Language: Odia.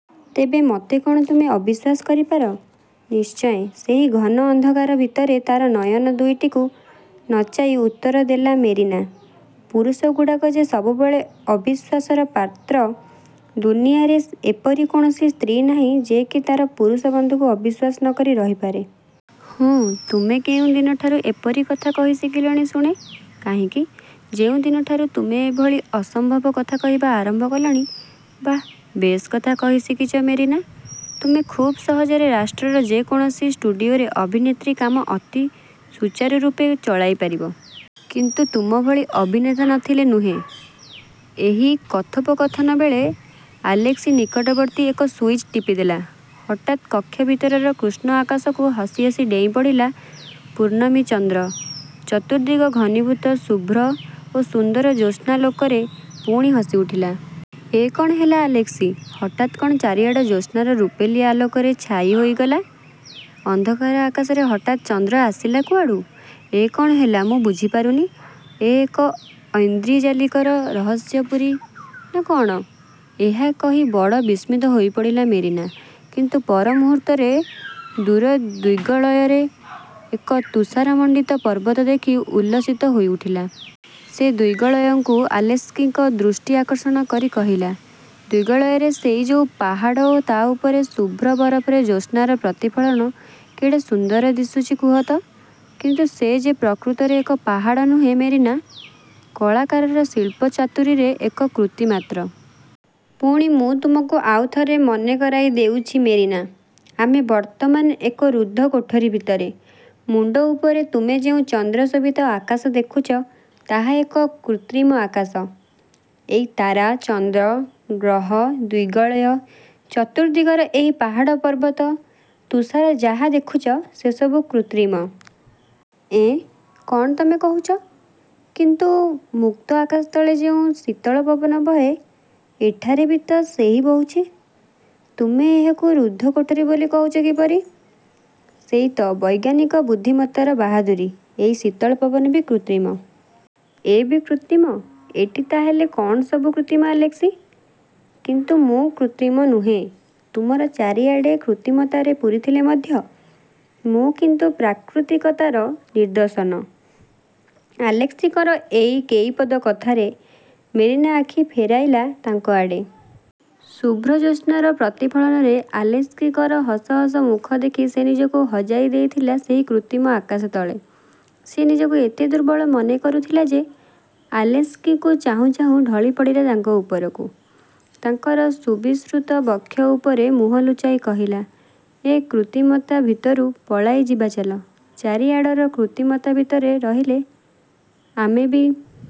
'' ''ତେବେ ମୋତେ କ'ଣ ତୁମେ ଅବିଶ୍ୱାସ କରିପାର? '' ''ନିଶ୍ଚୟ''–ସେହି ଘନ ଅନ୍ଧକାର ଭିତରେ ତାର ନୟନ ଦୁଇଟିକୁ ନଚାଇ ଉତ୍ତର ଦେଲା ମେରିନା, ''ପୁରୁଷଗୁଡ଼ାକ ଯେ ସବୁବେଳେ ଅବିଶ୍ୱାସର ପାତ୍ର। ଦୁନିଆଁରେ ଏପରି କୌଣସି ସ୍ତ୍ରୀ ନାହିଁ ଯେ କି ତାର ପୁରୁଷବନ୍ଧୁକୁ ଅବିଶ୍ୱାସ ନ କରି ରହିପାରେ। '' ''ହୁଁ, ତୁମେ କେଉଁ ଦିନଠାରୁ ଏପରି କଥା କହିଶିଖିଲଣି ଶୁଣେ। '' ''କାହିଁକି? ଯେଉଁ ଦିନଠାରୁ ତୁମେ ଏଭଳି ଅସମ୍ଭବ କଥା କହିବା ଆରମ୍ଭ କଲଣି। '' ''ବାଃ, ବେଶ୍କଥା କହିଶିଖିଛ ମେରିନା! ତୁମେ ଖୁବ୍ ସହଜରେ ରାଷ୍ଟ୍ରର ଯେକୌଣସି ଷ୍ଟୁଡ଼ିଓରେ ଅଭିନେତ୍ରୀ କାମ ଅତି ସୂଚାରୁରୂପେ ଚଳାଇ ପାରିବ। '' ''କିନ୍ତୁ ତୁମ ଭଳି ଅଭିନେତା ନ ଥିଲେ ନୁହେଁ। '' ଏହି କଥୋପକଥନବେଳେ ଆଲେସ୍କି ନିକଟବର୍ତ୍ତୀ ଏକ ସୁଇଚ୍ ଟିପିଦେଲେ। ହଠାତ୍ କକ୍ଷ ଭିତରର କୃଷ୍ଣ ଆକାଶକୁ ହସି ହସି ଡେଇଁ ପଡ଼ିଲା ପୂର୍ଣ୍ଣମୀ ଚନ୍ଦ୍ର। ଚତୁର୍ଦ୍ଦିଗ ଘନୀଭୂତ ଶୁଭ୍ର ଓ ସୁନ୍ଦର ଜ୍ୟୋତ୍ସ୍ନାଲୋକରେ ପୁଣି ହସି ଉଠିଲା। ''ଏ କ'ଣ ହେଲା ଆଲେସ୍କି? ହଠାତ୍ କ'ଣ ଚାରିଆଡ଼ ଜ୍ୟୋତ୍ସ୍ନାର ରୂପେଲି ଆଲୋକରେ ଛାଇ ହୋଇଗଲା! ଅନ୍ଧକାର ଆକାଶରେ ହଠାତ୍ ଚନ୍ଦ୍ର ଆସିଲା କୁଆଡ଼ୁ? ଏ କ'ଣ ହେଲା ମୁଁ ବୁଝିପାରୁନି। ଏ ଏକ ଐନ୍ଦ୍ରଜାଲିକର ରହସ୍ୟପୁରୀ ନା କଅଣ? '' ଏହା କହି ବଡ଼ ବିସ୍ମିତ ହୋଇପଡ଼ିଲା ମେରିନା; କିନ୍ତୁ ପରମୂହୂର୍ତ୍ତରେ ଦୂର ଦିଗ୍ବଳୟରେ ଏକ ତୁଷାରମଣ୍ଡିତ ପର୍ବତ ଦେଖି ଉଲ୍ଲସିତ ହୋଇଉଠିଲା। ସେ ଦିଗ୍ବଳୟକୁ ଆଲେସ୍କିଙ୍କ ଦୃଷ୍ଟି ଆକର୍ଷଣ କରି କହିଲା, ''ଦିଗ୍ବଳୟରେ ସେଇ ଯେଉଁ ପାହାଡ଼ ଓ ତା ଉପରେ ଶୁଭ୍ର ବରଫରେ ଜ୍ୟୋତ୍ସ୍ନାର ପ୍ରତିଫଳନ କେଡ଼େ ସୁନ୍ଦର ଦିଶୁଛି କୁହ ତ? '' ''କିନ୍ତୁ ସେ ଯେ ପ୍ରକୃତରେ ଏକ ପାହାଡ଼ ନୁହେଁ ମେରିନା! କଳାକାରର ଶିଳ୍ପ ଚାତୁରୀର ଏକ କୃତି ମାତ୍ର। ପୁଣି ମୁଁ ତୁମକୁ ଆଉ ଥରେ ମନେ କରାଇ ଦେଉଛି ମେରିନା, ଆମେ ବର୍ତ୍ତମାନ ଏକ ରୁଦ୍ଧ କୋଠରି ଭିତରେ। ମୁଣ୍ଡ ଉପରେ ତୁମେ ଯେଉଁ ଚନ୍ଦ୍ର ଶୋଭିତ ଆକାଶ ଦେଖୁଛ, ତାହା ଏକ କୃତ୍ରିମ ଆକାଶ। ଏଇ ତାରା, ଚନ୍ଦ୍ର, ଗ୍ରହ, ଦିଗ୍ବଳୟ ଚତୁର୍ଦ୍ଦିଗର ଏହି ପାହାଡ଼ ପର୍ବତ, ତୁଷାର ଯାହା ଦେଖୁଛ ସେସବୁ କୃତ୍ରିମ। '' ''ଏଁ, କ'ଣ ତମେ କହୁଛ? '' କିନ୍ତୁ ମୁକ୍ତ ଆକାଶତଳେ ଯେଉଁ ଶୀତଳ ପବନ ବହେ ଏଠାରେ ବିତ ସେହି ବହୁଛି। ତୁମେ ଏହେକୁ ରୁଦ୍ଧ କୋଠରି ବୋଲି କହୁଛ କିପରି? '' ''ସେଇ ତ ବୈଜ୍ଞାନିକ ବୁଦ୍ଧିମତ୍ତାର ବାହାଦୁରୀ। ଏଇ ଶୀତଳ ପବନ ବି କୃତ୍ରିମ। '' ''ଏ ବି କୃତ୍ରିମ ଏଠି ତା' ହେଲେ କ'ଣ ସବୁ କୃତ୍ରିମ ଆଲେସ୍କି? '' ''କିନ୍ତୁ ମୁଁ କୃତ୍ରିମ? ନୁହେଁ। ତୁମର ଚାରିଆଡ଼ କୃତ୍ରିମତାରେ ପୂରିଥିଲେ ମଧ୍ୟ ମୁଁ କିନ୍ତୁ ପ୍ରାକୃତିକତାର ନିଦର୍ଶନ। '' ଆଲେସ୍କିଙ୍କର ଏଇ କେଇପଦ କଥାରେ ମେରିନା ଆଖି ଫେରାଇଲା ତାଙ୍କ ଆଡ଼େ। ଶୁଭ୍ର ଜ୍ୟୋତ୍ସ୍ନାର ପ୍ରତିଫଳନରେ ଆଲେସ୍କିଙ୍କର ହସହସ ମୁଖ ଦେଖି ସେ ନିଜକୁ ହଜାଇ ଦେଇଥିଲା ସେହି କୃତ୍ରିମ ଆକାଶତଳେ। ସେ ନିଜକୁ ଏତେ ଦୁର୍ବଳ ମନେ କରୁଥିଲା ଯେ, ଆଲେସ୍କିଙ୍କୁ ଚାହୁଁ ଚାହୁଁ ଢଳିପଡ଼ିଲା ତାଙ୍କ ଉପରକୁ। ତାଙ୍କର ସୁବିସ୍ତୃତ ବକ୍ଷ ଉପରେ ମୁହଁ ଲୁଚାଇ କହିଲା, ''ଏ କୃତ୍ରିମତା ଭିତରୁ ପଳାଇଯିବା ଚାଲ। ଚାରିଆଡ଼ର କୃତ୍ରିମତା ଭିତରେ ରହିଲେ ଆମେ ବି